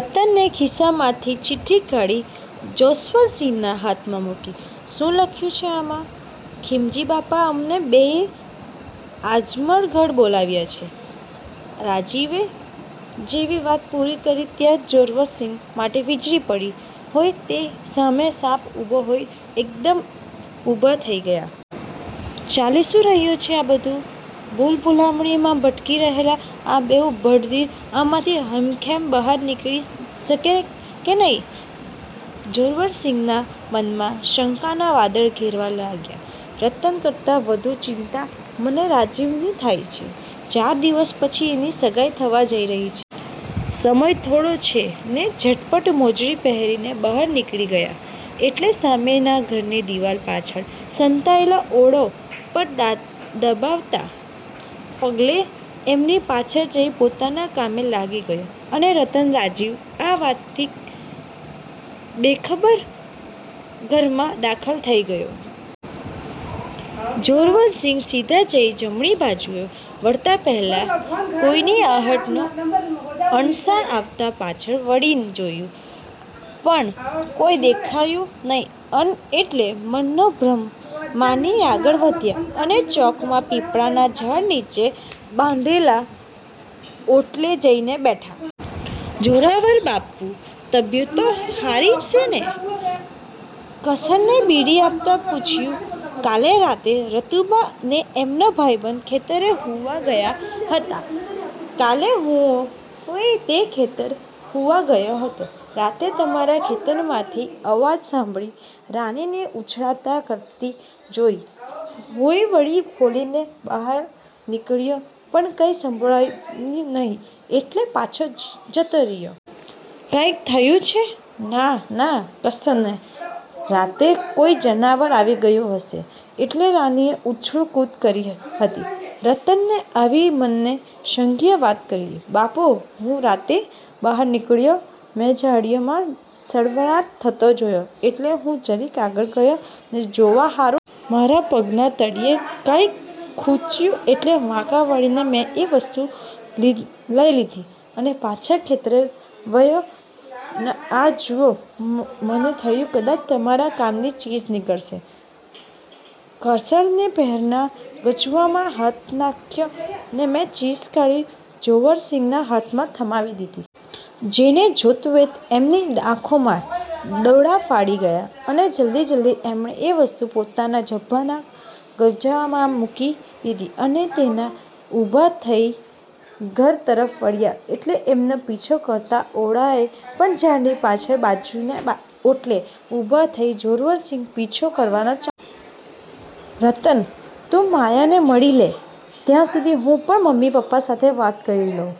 રતને ખિસ્સામાંથી ચિઠ્ઠી કાઢી જોસ્વરસિંહના હાથમાં મૂકી. "શું લખ્યું છે આમાં?" "ખીમજીબાપાએ અમને બેયને આઝમલગઢ બોલાવ્યા છે." રાજીવે જેવી વાત પૂરી કરી ત્યાં જોરવરસિંહ માથે વીજળી પડી હોય કે સામે સાપ ઊભો હોય એમ એકદમ ઊભા થઈ ગયા. "ચાલી શું રહ્યું છે આ બધું? ભૂલભુલામણીમાં ભટકી રહેલા આ બેઉ ભડવીર આમાંથી હેમખેમ બહાર નીકળી શકશે કે નહીં? " જોરવરસિંહના મનમાં શંકાના વાદળ ઘેરાવા લાગ્યા, "રતન કરતા વધુ ચિંતા મને રાજીવની થાય છે, ચાર દિવસ પછી એની સગાઈ થવા જઈ રહી છે. સમય થોડો છે ને." ઝટપટ મોજડી પહેરીને બહાર નીકળી ગયા એટલે સામેના ઘરની દીવાલ પાછળ સંતાયેલો ઓળો પણ દબાતા પગલે એમની પાછળ જઈ પોતાના કામે લાગી ગયો, અને રતન-રાજીવ આ વાતથી બેખબર ઘરમાં દાખલ થઈ ચૂક્યા હતા. જોરવરસિંહ સીધા જઈને જમણી બાજુએ વળતાં પહેલા કોઈની આહટનો અણસાર આવતા પાછળ વળીને જોયું પણ કોઈ દેખાયું નહિ એટલે મનનો ભ્રમ માની આગળ વધ્યા અને ચોકમાં પીપળાના ઝાડ નીચે બાંધેલા ઓટલે જઈને બેઠા. "જોરાવરબાપુ, તબિયત તો હારી સે ને?" કરસને બીડી આપતાં પૂછ્યું, "કાલ રાતે, રતુભા ને એમનો ભાઈબંધ ખેતરે હુવા ગયા'તા?" "કાલે હુંય તે ખેતરે જ હુવા ગયો'તો. રાતે તમારા ખેતરમાંથી અવાજ સાંભળીને રાનીને ઉછાળા કરતી જોઈને હુંય વંડી ખોલીને બહાર નીકળ્યો પણ કાંઈ ભાળ્યું નહિ એટલે પાછો જતો રીયો. કાંય થયું છે? " "ના-ના કરસન, રાતે કોઈ જનાવર આવી ગયું હશે એટલે રાનીએ ઉછળકૂદ કરી'તી. રતને આવીને મને સંઘીય વાત કરી." "બાપુ, હું રાતે બહાર નીકળ્યો ત્યારે મેં ઝાડીઓમાં સળવળાટ થતો જોયો એટલે હું જરીક આગળ ગયો, જોવા હારુ. મારા પગના તળિયે કાંઈક ખુચ્યું એટલે વાંકા વળીને મેં એ વસ્તુ લઈ લીધી અને પાછો ખેતરે વયો ગયો. આ જુઓ, મને થયું કદાચ તમારા કામની ચીજ નીકળે," કરસને પહેરણના ગજવામાં હાથ નાખ્યો ને એ ચીજ કાઢી જોરવરસિંહના હાથમાં થમાવી દીધી. જેને જોતાંવેંત એમની આંખોના ડોળા ફાટી ગયા અને જલ્દી-જલ્દી એમણે એ વસ્તુ પોતાના ઝભ્ભાના ગજવામાં મૂકી દીધી અને ઊભા થઈ ઘર તરફ વળ્યા એટલે એમનો પીછો કરતા ઓળાએ પણ ઝાડની પાછલી બાજુએના ઓટલેથી ઊભા થઈ જોરવરસિંહનો પીછો કરવાનું ચાલુ રાખ્યું. "રતન, તું માયાને મળી લે ત્યાં સુધી હું પણ મમ્મી-પપ્પા સાથે વાત કરી લઉં,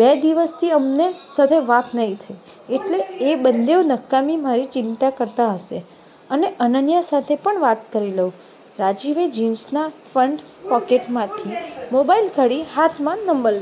બે દિવસથી એમની સાથે વાત નથી થઈ, એટલે એ બંને નકામી મારી ચિંતા કરતા હશે, અને અનન્યા સાથે પણ વાત કરી લઉં." રાજીવે જીન્સના ફ્રન્ટ પોકેટમાંથી મોબાઈલ કાઢી હાથમાં લઈ નંબર